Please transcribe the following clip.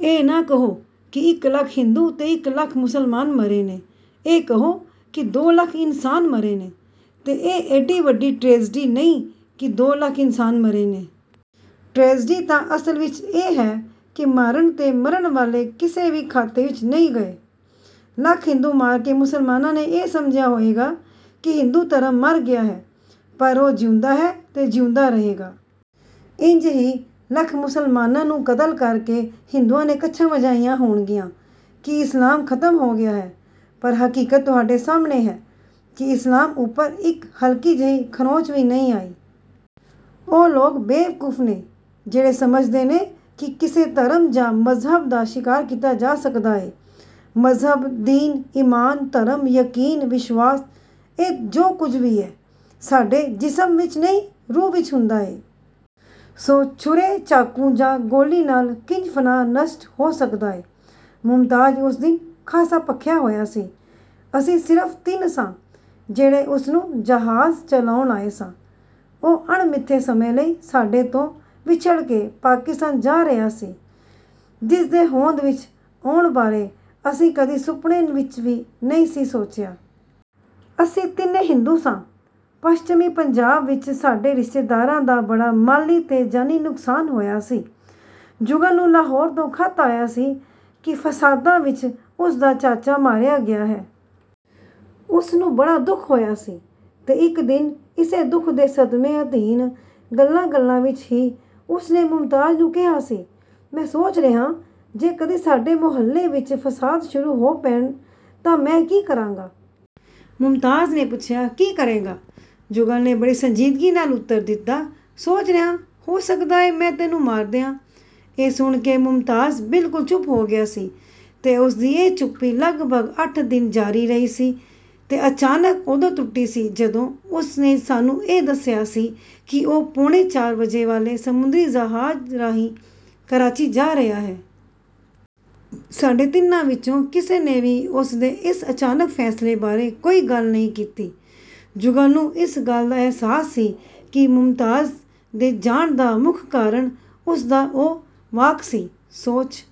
ਇਹ ਨਾ ਕਹੋ ਕਿ ਇੱਕ ਲੱਖ ਹਿੰਦੂ ਤੇ ਇੱਕ ਲੱਖ ਮੁਸਲਮਾਨ ਮਰੇ ਨੇ। ਇਹ ਕਹੋ ਕਿ ਦੋ ਲੱਖ ਇਨਸਾਨ ਮਰੇ ਨੇ। ਤੇ ਇਹ ਏਡੀ ਵੱਡੀ ਟ੍ਰੇਜ਼ਡੀ ਨਹੀਂ ਕਿ ਦੋ ਲੱਖ ਇਨਸਾਨ ਮਰੇ ਨੇ। ਟ੍ਰੇਜ਼ਡੀ ਤਾਂ ਅਸਲ ਵਿਚ ਇਹ ਹੈ ਕਿ ਮਾਰਨ ਤੇ ਮਰਨ ਵਾਲੇ ਕਿਸੇ ਵੀ ਖਾਤੇ ਵਿਚ ਨਹੀਂ ਗਏ। ਲੱਖ ਹਿੰਦੂ ਮਾਰ ਕੇ ਮੁਸਲਮਾਨਾਂ ਨੇ ਇਹ ਸਮਝਿਆ ਹੋਏਗਾ ਕਿ ਹਿੰਦੂ ਧਰਮ ਮਰ ਗਿਆ ਹੈ, ਪਰ ਉਹ ਜਿਉਂਦਾ ਹੈ ਤੇ ਜਿਉਂਦਾ ਰਹੇਗਾ। ਇੰਜ ਹੀ ਲੱਖ ਮੁਸਲਮਾਨਾਂ ਨੂੰ ਕਤਲ ਕਰਕੇ ਹਿੰਦੂਆਂ ਨੇ ਕੱਛਾਂ ਵਜਾਈਆਂ ਹੋਣਗੀਆਂ ਕਿ ਇਸਲਾਮ ਖ਼ਤਮ ਹੋ ਗਿਆ ਹੈ, ਪਰ ਹਕੀਕਤ ਤੁਹਾਡੇ ਸਾਹਮਣੇ ਹੈ ਕਿ ਇਸਲਾਮ ਉੱਪਰ ਇੱਕ ਹਲਕੀ ਜਿਹੀ ਖਰੋਂਚ ਵੀ ਨਹੀਂ ਆਈ। ਉਹ ਲੋਕ ਬੇਵਕੂਫ਼ ਨੇ ਜਿਹੜੇ ਸਮਝਦੇ ਨੇ ਕਿ ਕਿਸੇ ਧਰਮ ਜਾਂ ਮਜ਼ਹਬ ਦਾ ਸ਼ਿਕਾਰ ਕੀਤਾ ਜਾ ਸਕਦਾ ਏ। ਮਜ਼ਹਬ, ਦੀਨ, ਈਮਾਨ, ਧਰਮ, ਯਕੀਨ, ਵਿਸ਼ਵਾਸ ਇਹ ਜੋ ਕੁਝ ਵੀ ਹੈ, ਸਾਡੇ ਜਿਸਮ ਵਿਚ ਨਹੀਂ, ਰੂਹ ਵਿਚ ਹੁੰਦਾ ਏ। ਸੋ ਛੁਰੇ, ਚਾਕੂ ਜਾਂ ਗੋਲੀ ਨਾਲ ਕਿੰਜ ਫਨਾਹ ਨਸ਼ਟ ਹੋ ਸਕਦਾ ਏ? ਮੁਮਤਾਜ਼ ਉਸ ਦਿਨ ਖਾਸਾ ਭਖਿਆ ਹੋਇਆ ਸੀ। ਅਸੀਂ ਸਿਰਫ ਤਿੰਨ ਸਾਂ, ਜਿਹੜੇ ਉਸ ਨੂੰ ਜਹਾਜ਼ ਚੜ੍ਹਾਉਣ ਆਏ ਸਾਂ। ਉਹ ਅਣਮਿਥੇ ਸਮੇਂ ਲਈ ਸਾਡੇ ਤੋਂ ਵਿੱਛੜ ਕੇ ਪਾਕਿਸਤਾਨ ਜਾ ਰਿਹਾ ਸੀ, ਜਿਸ ਦੇ ਹੋਂਦ ਵਿਚ ਆਉਣ ਬਾਰੇ ਅਸੀਂ ਕਦੀ ਸੁਪਨੇ ਵਿਚ ਵੀ ਨਹੀਂ ਸੀ ਸੋਚਿਆ। ਅਸੀਂ ਤਿੰਨੇ ਹਿੰਦੂ ਸਾਂ। ਪੱਛਮੀ ਪੰਜਾਬ ਵਿਚ ਸਾਡੇ ਰਿਸ਼ਤੇਦਾਰਾਂ ਦਾ ਬੜਾ ਮਾਲੀ ਤੇ ਜਾਨੀ ਨੁਕਸਾਨ ਹੋਇਆ ਸੀ। ਜੁਗਲ ਨੂੰ ਲਾਹੌਰ ਤੋਂ ਖ਼ਤ ਆਇਆ ਸੀ ਕਿ ਫਸਾਦਾਂ ਵਿਚ ਉਸ ਦਾ ਚਾਚਾ ਮਾਰਿਆ ਗਿਆ ਹੈ। ਉਸ ਨੂੰ ਬੜਾ ਦੁੱਖ ਹੋਇਆ ਸੀ ਤੇ ਇੱਕ ਦਿਨ ਇਸੇ ਦੁੱਖ ਦੇ ਸਦਮੇਂ ਅਧੀਨ, ਗੱਲਾਂ ਗੱਲਾਂ ਵਿਚ ਹੀ, ਉਸ ਨੇ ਮੁਮਤਾਜ਼ ਨੂੰ ਕਿਹਾ ਸੀ, ਮੈਂ ਸੋਚ ਰਿਹਾਂ, ਜੇ ਕਦੀ ਸਾਡੇ ਮੁਹੱਲੇ ਵਿਚ ਫਸਾਦ ਸ਼ੁਰੂ ਹੋ ਪੈਣ ਤਾਂ ਮੈਂ ਕੀ ਕਰਾਂਗਾ? ਮੁਮਤਾਜ਼ ਨੇ ਪੁੱਛਿਆ, ਕੀ ਕਰੇਂਗਾ? ਜੁਗਲ ਨੇ ਬੜੀ ਸੰਜੀਦਗੀ ਨਾਲ ਉੱਤਰ ਦਿੱਤਾ, ਸੋਚ ਰਿਹਾਂ, ਹੋ ਸਕਦਾ ਏ ਮੈਂ ਤੈਨੂੰ ਮਾਰ ਦਿਆਂ! ਇਹ ਸੁਣ ਕੇ ਮੁਮਤਾਜ਼ ਬਿਲਕੁਲ ਚੁੱਪ ਹੋ ਗਿਆ ਸੀ ਤੇ ਉਸ ਦੀ ਇਹ ਚੁੱਪੀ ਲਗਭਗ ਅੱਠ ਦਿਨ ਜਾਰੀ ਰਹੀ ਸੀ, ਤੇ ਅਚਾਨਕ ਉਦੋਂ ਟੁੱਟੀ ਸੀ ਜਦੋਂ ਉਸ ਨੇ ਸਾਨੂੰ ਇਹ ਦੱਸਿਆ ਸੀ ਕਿ ਉਹ ਪੌਣੇ ਚਾਰ ਵਜੇ ਵਾਲੇ ਸਮੁੰਦਰੀ ਜਹਾਜ਼ ਰਾਹੀਂ ਕਰਾਚੀ ਜਾ ਰਿਹਾ ਹੈ। ਸਾਡੇ ਤਿੰਨਾਂ ਵਿਚੋਂ ਕਿਸੇ ਨੇ ਵੀ ਉਸ ਦੇ ਇਸ ਅਚਾਨਕ ਫੈਸਲੇ ਬਾਰੇ ਕੋਈ ਗੱਲ ਨਹੀਂ ਕੀਤੀ। ਜੁਗਲ ਨੂੰ ਇਸ ਗੱਲ ਦਾ ਅਹਿਸਾਸ ਸੀ ਕਿ ਮੁਮਤਾਜ਼ ਦੇ ਜਾਣ ਦਾ ਮੁੱਖ ਕਾਰਣ ਉਸ ਦਾ ਉਹ ਵਾਕ ਸੀ, ਸੋਚ